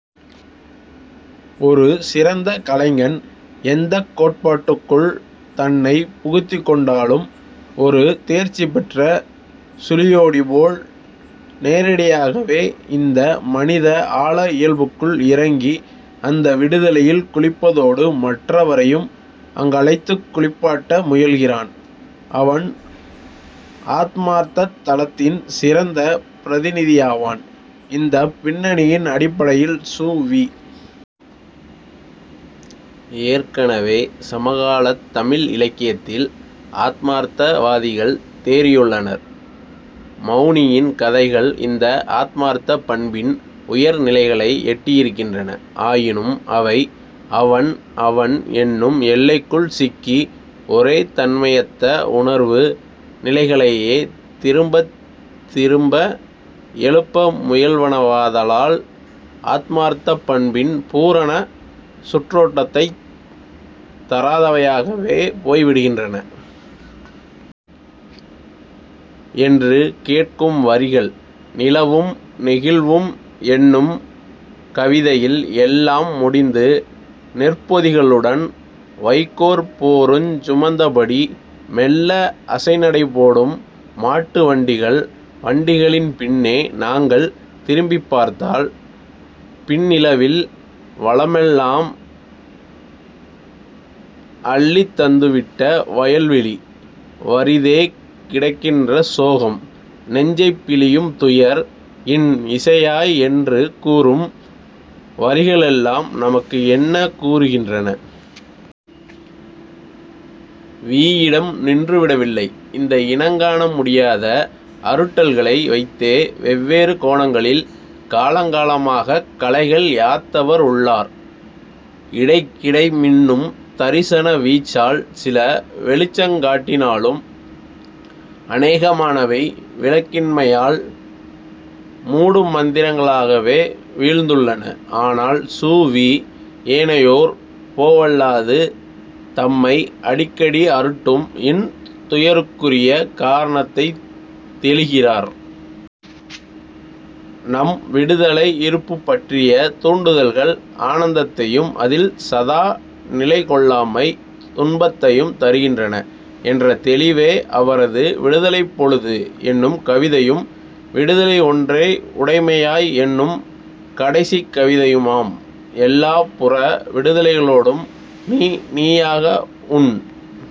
ஒரு சிறந்த கலைஞன் எந்தக் கோட்பாட்டுக்குள் தன்னைப் புகுத்திக்கொண்டாலும் ஒரு தேர்ச்சிபெற்ற சுழியோடிபோல் நேரடியாகவே இந்த மனித ஆழ இயல்புக்குள் இறங்கி, அந்த விடுதலையில் குளிப்பதோடு மற்றவரையும் அங்கழைத்துக் குளிப்பாட்ட முயல்கிறான். அவன் ஆத்மார்த்தத் தளத்தின் சிறந்த பிரதிநிதியாவான். இந்தப் பின்னணியின் அடிப்படையில் சு. வி. ஏற்கனவே சமகாலத் தமிழ் இலக்கியத்தில் ஆத்மார்த்த வாதிகள் தேறியுள்ளனர். மௌனியின் கதைகள் இந்த ஆர்மார்த்தப் பண்பின் உயர் நிலைகளை எட்டியிருக்கின்றன. ஆயினும் அவை அவன்அவன் என்னும் எல்லைக்குள் சிக்கி. ஒரே தன்மையத்த உணர்வு நிலைகளையே திரும்பத் திருமப எழுப்ப முயல்வனவாதலால் ஆத்மார்த்தப் பண்பின் பூரண சுற்றோட்டத்தைத் தராதவையாகவே போய்விடுகின்றன. என்று கேட்கும் வரிகள். நிலவும் நெகிழ்வும் என்னும் கவிதையில் எல்லாம் முடிந்து நெற்பொதிகளுடன் வைக்கோற் போருஞ் சுமந்தபடி மெல்ல அசைநடைபோடும் மாட்டு வண்டிகள் வண்டிகளின் பின்னே நாங்கள் திரும்பிப் பார்த்தால் பின்னிலவில் வளமெல்லாம் அள்ளித் தந்துவிட்ட வயல்வெளி வறிதே கிடக்கின்ற சோகம் நெஞ்சைப் பிழியும் துயர் இன் இசையாய் என்று கூறும் வரிகளெல்லாம் நமக்கு என்ன கூறுகின்றன? வி. யிடம் நின்றுவிடவில்லை. இந்த இனங்காண முடியாத அருட்டல்களை வைத்தே வெவ்வேறு கோணங்களில் காலங்காலமாகக் கலைகள் யாத்தவர் உள்ளார். இடைக்கிடை மின்னும் தரிசன வீச்சால் சில வெளிச்சங் காட்டினாலும் அனேகமானவை விளக்கமின்மையால் மூடுமந்திரங்களாகவே வீழ்ந்துள்ளன. ஆனால் சு. வி. ஏனையோர் போவல்லாது தம்மை அடிக்கடி அருட்டும் இன் துயருக்குரிய காரணத்தைத் தெளிகிறார். நம் விடுதலை இருப்புப் பற்றிய தூண்டுதல்கள் ஆனந்தத்தையும் அதில் சதா நிலைகொள்ளாமை துன்பத்தையும் தருகின்றன என்ற தெளிவே அவரது விடுதலைப் பொழுது என்னும் கவிதையும் விடுதலை ஒன்றே உடைமையாய் என்னும் கடைசிக் கவிதையுமாம். எல்லாப் புற விடுதலைகளோடும் நீ நீயாக உன்